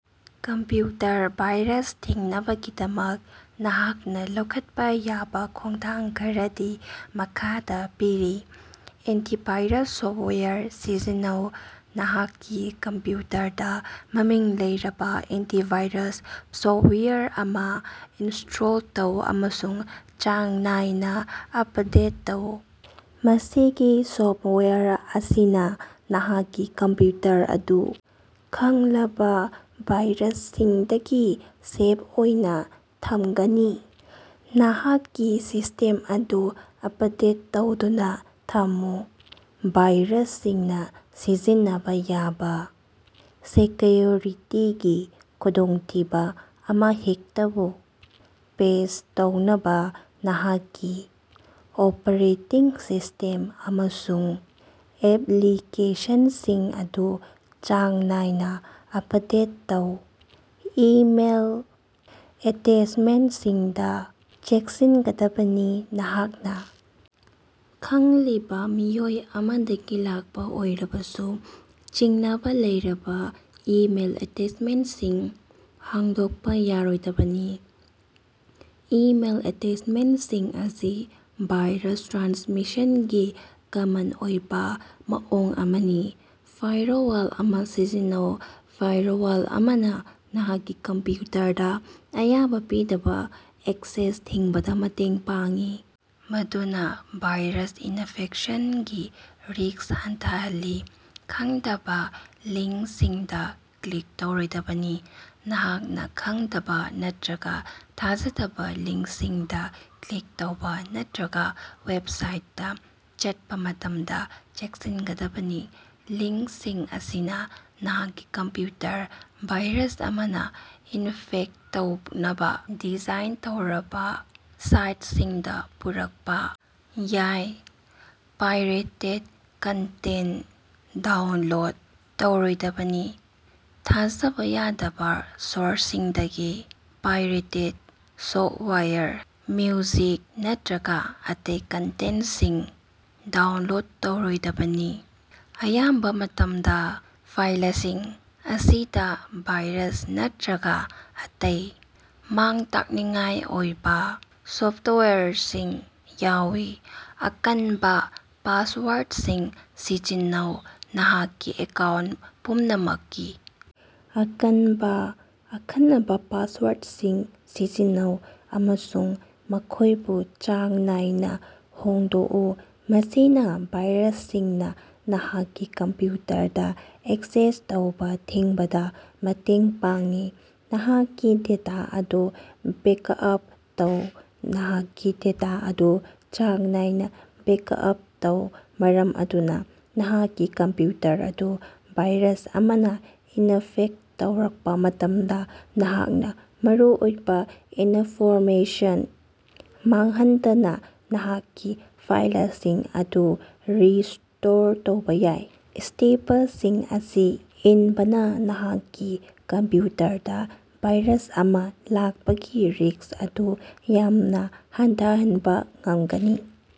Computer virus ꯊꯤꯡꯅꯕꯒꯤꯗꯃꯛ ꯅꯍꯥꯛꯅ ꯂꯧꯈꯠꯄ ꯌꯥꯕ ꯈꯣꯡꯊꯥꯡ ꯈꯔꯗꯤ ꯃꯈꯥꯗ ꯄꯤꯔꯤ: ꯑꯦꯟꯇꯤꯚꯥꯏꯔꯁ ꯁꯣꯐꯇꯋꯥꯌꯔ ꯁꯤꯖꯤꯟꯅꯧ: ꯅꯍꯥꯛꯀꯤ ꯀꯝꯄ꯭ꯌꯨꯇꯔꯗ ꯃꯃꯤꯡ ꯂꯩꯔꯕ ꯑꯦꯟꯇꯤꯚꯥꯏꯔꯁ ꯁꯣꯐꯇꯋꯥꯌꯔ ꯑꯃ ꯏꯟꯁ꯭ꯇꯣꯜ ꯇꯧ ꯑꯃꯁꯨꯡ ꯆꯥꯡ ꯅꯥꯏꯅ ꯑꯄꯗꯦꯠ ꯇꯧ꯫ ꯃꯁꯤꯒꯤ ꯁꯣꯐꯇꯋꯥꯌꯔ ꯑꯁꯤꯅꯥ ꯅꯍꯥꯛꯀꯤ ꯀꯝꯄ꯭ꯌꯨꯇꯔ ꯑꯗꯨ ꯈꯪꯂꯕ ꯚꯥꯏꯔꯁꯁꯤꯡꯗꯒꯤ ꯁꯦꯐ ꯑꯣꯏꯅ ꯊꯝꯒꯅꯤ꯫ ꯅꯍꯥꯛꯀꯤ ꯁꯤꯁ꯭ꯇꯦꯝ ꯑꯗꯨ ꯑꯄꯗꯦꯠ ꯇꯧꯗꯨꯅ ꯊꯝꯃꯨ: ꯚꯥꯏꯔꯁꯁꯤꯡꯅ ꯁꯤꯖꯤꯟꯅꯕ ꯌꯥꯕ ꯁꯦꯀꯌꯨꯔꯤꯇꯤꯒꯤ ꯈꯨꯗꯣꯡꯊꯤꯕ ꯑꯃꯍꯦꯛꯇꯕꯨ ꯄꯦꯆ ꯇꯧꯅꯕ ꯅꯍꯥꯛꯀꯤ ꯑꯣꯄꯔꯦꯇꯤꯡ ꯁꯤꯁ꯭ꯇꯦꯝ ꯑꯃꯁꯨꯡ ꯑꯦꯞꯂꯤꯀꯦꯁꯟꯁꯤꯡ ꯑꯗꯨ ꯆꯥꯡ ꯅꯥꯏꯅ ꯑꯄꯗꯦꯠ ꯇꯧ꯫ ꯏꯃꯦꯏꯜ ꯑꯦꯇꯦꯆꯃꯦꯟꯇꯁꯤꯡꯗ ꯆꯦꯛꯁꯤꯟꯒꯗꯕꯅꯤ: ꯅꯍꯥꯛꯅ ꯈꯪꯂꯤꯕ ꯃꯤꯑꯣꯏ ꯑꯃꯗꯒꯤ ꯂꯥꯛꯄ ꯑꯣꯏꯔꯕꯁꯨ ꯆꯤꯡꯅꯕ ꯂꯩꯔꯕ ꯏꯃꯦꯏꯜ ꯑꯦꯇꯦꯆꯃꯦꯟꯇꯁꯤꯡ ꯍꯥꯡꯗꯣꯛꯄ ꯌꯥꯔꯣꯏꯗꯕꯅꯤ꯫ ꯏꯃꯦꯏꯜ ꯑꯦꯇꯦꯆꯃꯦꯟꯇꯁꯤꯡ ꯑꯁꯤ ꯚꯥꯏꯔꯁ ꯇ꯭ꯔꯥꯟꯁꯃꯤꯁꯟꯒꯤ ꯀꯃꯟ ꯑꯣꯏꯕ ꯃꯑꯣꯡ ꯑꯃꯅꯤ꯫ ꯐꯥꯏꯔꯋꯥꯜ ꯑꯃ ꯁꯤꯖꯤꯟꯅꯧ: ꯐꯥꯏꯔꯋꯥꯜ ꯑꯃꯅ ꯅꯍꯥꯛꯀꯤ ꯀꯝꯄ꯭ꯌꯨꯇꯔꯗ ꯑꯌꯥꯕ ꯄꯤꯗꯕ ꯑꯦꯛꯁꯦꯁ ꯊꯤꯡꯕꯗ ꯃꯇꯦꯡ ꯄꯥꯡꯏ꯫ ꯃꯗꯨꯅ ꯚꯥꯏꯔꯁ ꯏꯅꯐꯦꯛꯁꯟꯒꯤ ꯔꯤꯁ꯭ꯛ ꯍꯟꯊꯍꯜꯂꯤ꯫ ꯈꯪꯗꯕ ꯂꯤꯡꯀꯁꯤꯡꯗ ꯀ꯭ꯂꯤꯛ ꯇꯧꯔꯣꯏꯗꯕꯅꯤ: ꯅꯍꯥꯛꯅ ꯈꯪꯗꯕ ꯅꯠꯇ꯭ꯔꯒ ꯊꯥꯖꯗꯕ ꯂꯤꯡꯁꯤꯡꯗ ꯀ꯭ꯂꯤꯛ ꯇꯧꯕ ꯅꯠꯇ꯭ꯔꯒ ꯋꯦꯕꯁꯥꯏꯠꯇ ꯆꯠꯄ ꯃꯇꯝꯗ ꯆꯦꯛꯁꯤꯟꯒꯗꯕꯅꯤ꯫ ꯂꯤꯡꯁꯤꯡ ꯑꯁꯤꯅ ꯅꯍꯥꯛꯀꯤ ꯀꯝꯄ꯭ꯌꯨꯇꯔ ꯚꯥꯏꯔꯁ ꯑꯃꯅ ꯏꯅꯐꯦꯛꯇ ꯇꯧꯅꯕ ꯗꯤꯖꯥꯏꯟ ꯇꯧꯔꯕ ꯁꯥꯏꯇꯁꯤꯡꯗ ꯄꯨꯔꯛꯄ ꯌꯥꯏ꯫ ꯄꯥꯏꯔꯦꯇꯦꯗ ꯀꯟꯇꯦꯟꯇ ꯗꯥꯎꯟꯂꯣꯗ ꯇꯧꯔꯣꯏꯗꯕꯅꯤ: ꯊꯥꯖꯕ ꯌꯥꯗꯕ ꯁꯣꯔꯁꯁꯤꯡꯗꯒꯤ ꯄꯥꯏꯔꯦꯇꯦꯗ ꯁꯣꯐꯇꯋꯥꯌꯔ, ꯃ꯭ꯌꯨꯖꯤꯛ ꯅꯠꯇ꯭ꯔꯒ ꯑꯇꯩ ꯀꯟꯇꯦꯟꯇꯁꯤꯡ ꯗꯥꯎꯟꯂꯣꯗ ꯇꯧꯔꯣꯏꯗꯕꯅꯤ꯫ ꯑꯌꯥꯝꯕ ꯃꯇꯝꯗ, ꯐꯥꯏꯂꯁꯤꯡ ꯑꯁꯤꯗ ꯚꯥꯏꯔꯁ ꯅꯠꯇ꯭ꯔꯒ ꯑꯇꯩ ꯃꯥꯡ-ꯇꯥꯛꯅꯤꯡꯉꯥꯏ ꯑꯣꯏꯕ ꯁꯣꯐꯇꯋꯥꯌꯔꯁꯤꯡ ꯌꯥꯎꯏ꯫ ꯑꯀꯟꯕꯥ ꯄꯥꯁꯋꯥꯔꯗꯁꯤꯡ ꯁꯤꯖꯤꯟꯅꯧ: ꯅꯍꯥꯛꯀꯤ ꯑꯦꯀꯥꯎꯟꯇ ꯄꯨꯝꯅꯃꯛꯀꯤ ꯑꯀꯟꯕ ꯑꯈꯟꯅꯕ ꯄꯥꯁꯋꯥꯔꯗꯁꯤꯡ ꯁꯤꯖꯤꯟꯅꯧ, ꯑꯃꯁꯨꯡ ꯃꯈꯣꯢꯕꯨ ꯆꯥꯡ ꯅꯥꯏꯅ ꯍꯣꯡꯗꯣꯛꯎ꯫ ꯃꯁꯤꯅ ꯚꯥꯏꯔꯁꯁꯤꯡꯅ ꯅꯍꯥꯛꯀꯤ ꯀꯝꯄ꯭ꯌꯨꯇꯔꯗ ꯑꯦꯛꯁꯦꯁ ꯇꯧꯕ ꯊꯤꯡꯕꯗ ꯃꯇꯦꯡ ꯄꯥꯡꯏ꯫ ꯅꯍꯥꯛꯀꯤ ꯗꯦꯇꯥ ꯑꯗꯨ ꯕꯦꯀꯑꯞ ꯇꯧ: ꯅꯍꯥꯛꯀꯤ ꯗꯦꯇꯥ ꯑꯗꯨ ꯆꯥꯡ ꯅꯥꯏꯅ ꯕꯦꯀꯑꯞ ꯇꯧ, ꯃꯔꯝ ꯑꯗꯨꯅ ꯅꯍꯥꯛꯀꯤ ꯀꯝꯄ꯭ꯌꯨꯇꯔ ꯑꯗꯨ ꯚꯥꯏꯔꯁ ꯑꯃꯅ ꯏꯅꯐꯦꯛꯇ ꯇꯧꯔꯛꯄ ꯃꯇꯝꯗ ꯅꯍꯥꯛꯅ ꯃꯔꯨꯑꯣꯏꯕ ꯏꯅꯐꯣꯔꯃꯦꯁꯟ ꯃꯥꯡꯍꯟꯗꯅ ꯅꯍꯥꯛꯀꯤ ꯐꯥꯏꯂꯁꯤꯡ ꯑꯗꯨ ꯔꯤꯁ꯭ꯇꯣꯔ ꯇꯧꯕ ꯌꯥꯏ꯫ ꯁ꯭ꯇꯦꯄꯁꯤꯡ ꯑꯁꯤ ꯏꯟꯕꯅ ꯅꯍꯥꯛꯀꯤ ꯀꯝꯄ꯭ꯌꯨꯇꯔꯗ ꯚꯥꯏꯔꯁ ꯑꯃ ꯂꯥꯛꯄꯒꯤ ꯔꯤꯁ꯭ꯛ ꯑꯗꯨ ꯌꯥꯝꯅ ꯍꯟꯊꯍꯟꯕ ꯉꯝꯒꯅꯤ꯫।